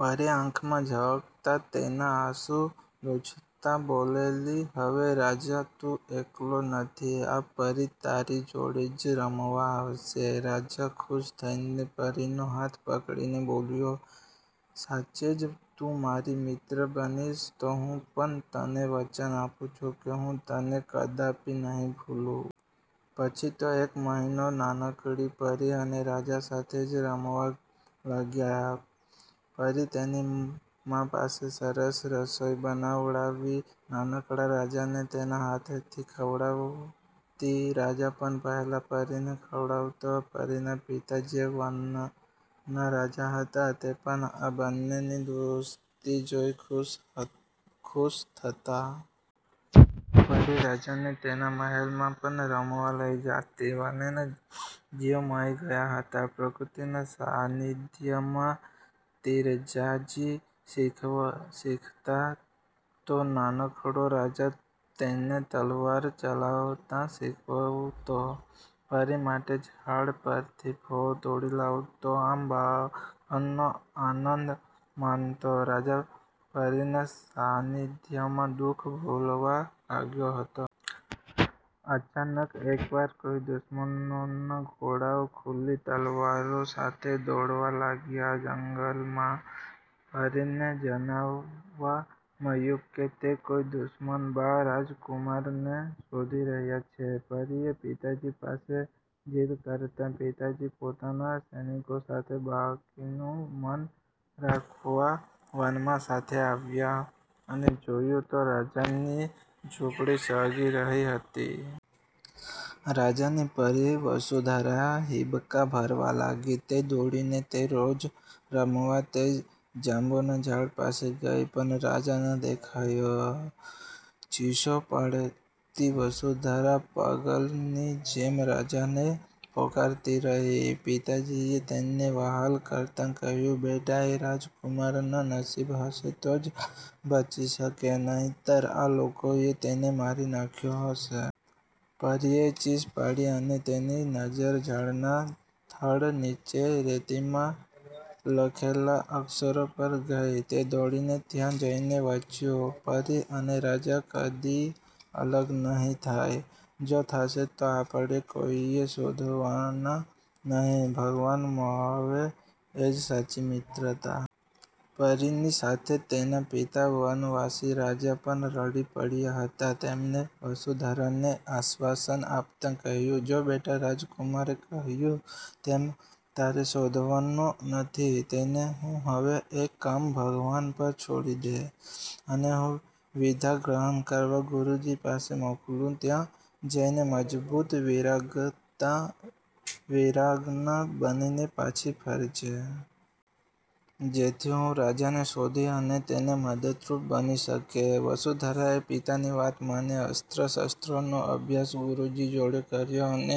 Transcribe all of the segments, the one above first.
પરી આંખમાં ઝળકતાં તેનાં આંસું લૂછતાં બોલેલી," હવે રાજા તું એકલો નથી, આ પરી તારી જોડે જ રમવા આવશે." રાજા ખુશ થઈને પરીનો હાથ પકડીને બોલ્યો,"સાચે જ તું મારી મિત્ર બનીશ? તો હું પણ તને વચન આપું છું કે હું તને કદાપિ નહીં ભૂલું." પછી તો એક મહિનો નાનકડી પરી અને રાજા સાથે જ રમવા લાગ્યાં. પરી તેની મા પાસે સરસ રસોઈ બનાવડાવી નાનકડાં રાજાને તેનાં હાથેથી ખવડાવતી. રાજા પણ પહેલાં પરીને ખવડાવતો. પરીના પિતા જે વનનાં રાજા હતાં તે પણ આ બંનેની દોસ્તી જોઈ ખુશ થતાં. પરી રાજાને તેનાં મહેલમાં પણ રમવા લઈ જાતી. બંનેનાં જીવ મળી ગયાં હતાં. પ્રકૃતિના સાનિધ્યમાં તીરંજાજી શીખતાં તો નાનકડો રાજા તેને તલવાર ચલાવતા શીખવતો. પરી માટે ઝાડ પરથી ફળો તોડી લાવતો. આમ બાળપણનો આનંદ માણતો રાજા પરીના સાનિધ્યમાં દુખ ભૂલવાં લાગ્યો હતો. અચાનક એકવાર કોઈ દુશ્મનોના ઘોડાઓ ખુલ્લી તલવારો સાથે દોડવા લાગ્યાં જંગલમાં. પરીને જાણવાં મળ્યું કે,"તે કોઈ દુશ્મન બાળ રાજકુમારને શોધી રહ્યાં છે." પરીએ પિતાજી પાસે જીદ કરતાં પિતાજી પોતાનાં સૈનિકો સાથે બાળકીનું મન રાખવાં વનમાં સાથે આવ્યાં અને જોયું તો રાજાની ઝુંપડી સળગી રહી હતી. રાજાની પરી વસુંધરા હીબકાં ભરવા લાગી. તે દોડીને તે રોજ રમતાં તે જાંબુના ઝાડ પાસે ગઈ પણ રાજા ન દેખાયો. ચીસો પાડતી વસુંધરા પાગલની જેમ રાજાને પોકારતી રહી. પિતાજીએ તેને વહાલ કરતાં કહ્યું,"બેટા એ રાજકુમારના નશીબ હશે તો જ બચી શકે નહીતર આ લોકોએ તેને મારી નાખ્યો હશે." પરીએ ચીસ પાડી અને તેની નજ઼ર ઝાડનાં થડ નીચે રેતીમાં લખેલા અક્ષરો પર ગઈ તે દોડીને ત્યાં જઈને વાંચ્યું,"પરી અને રાજા કદીય અલગ નહીં થાય. જો થાશે તો આપડ઼ે કોઈએ શોધવાનાં નહીં, ભગવાન મળાવે એ જ સાચી મિત્રતા." પરીની સાથે તેનાં પિતા વનવાસી રાજા પણ રડી પડ્યાં હતાં. તેમણે વસુંધરાને આશ્વાસન આપતાં કહ્યું,"જો બેટા રાજકુમારે કહ્યું તેમ તારે શોધવાનો નથી તેને. તું હવે એ કામ ભગવાન પર છોડી દે, અને હું વિદ્યા ગ્રહણ કરવા ગુરુજી પાસે મોકલું ત્યાં જઈને મજબૂત વીરાંગના બનીને પાછી ફરજે. જેથી તું રાજાને શોધી અને તેને મદદરૂપ બની શકે." વસુંધરાએ પિતાની વાત માની અસ્ત્ર શસ્ત્રનો અભ્યાસ ગુરુજી જોડે કર્યોં, અને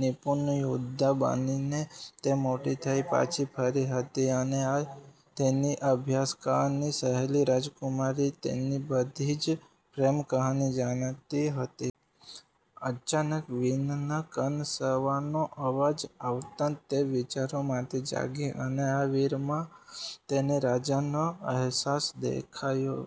નિપુર્ણ યૌદ્ધા બનીને તે મોટી થઈ પાછી ફરી હતી, અને આ તેની અભ્યાસકાળની સહેલી રાજકુમારી તેની બધી જ પ્રેમ કહાની જાણતી હતી. અચાનક વીરનાં કણસવાનો અવાજ આવતાં તે વિચારોમાંથી જાગી અને આ વીરમાં તેને રાજાનો અહેસાસ દેખાયો.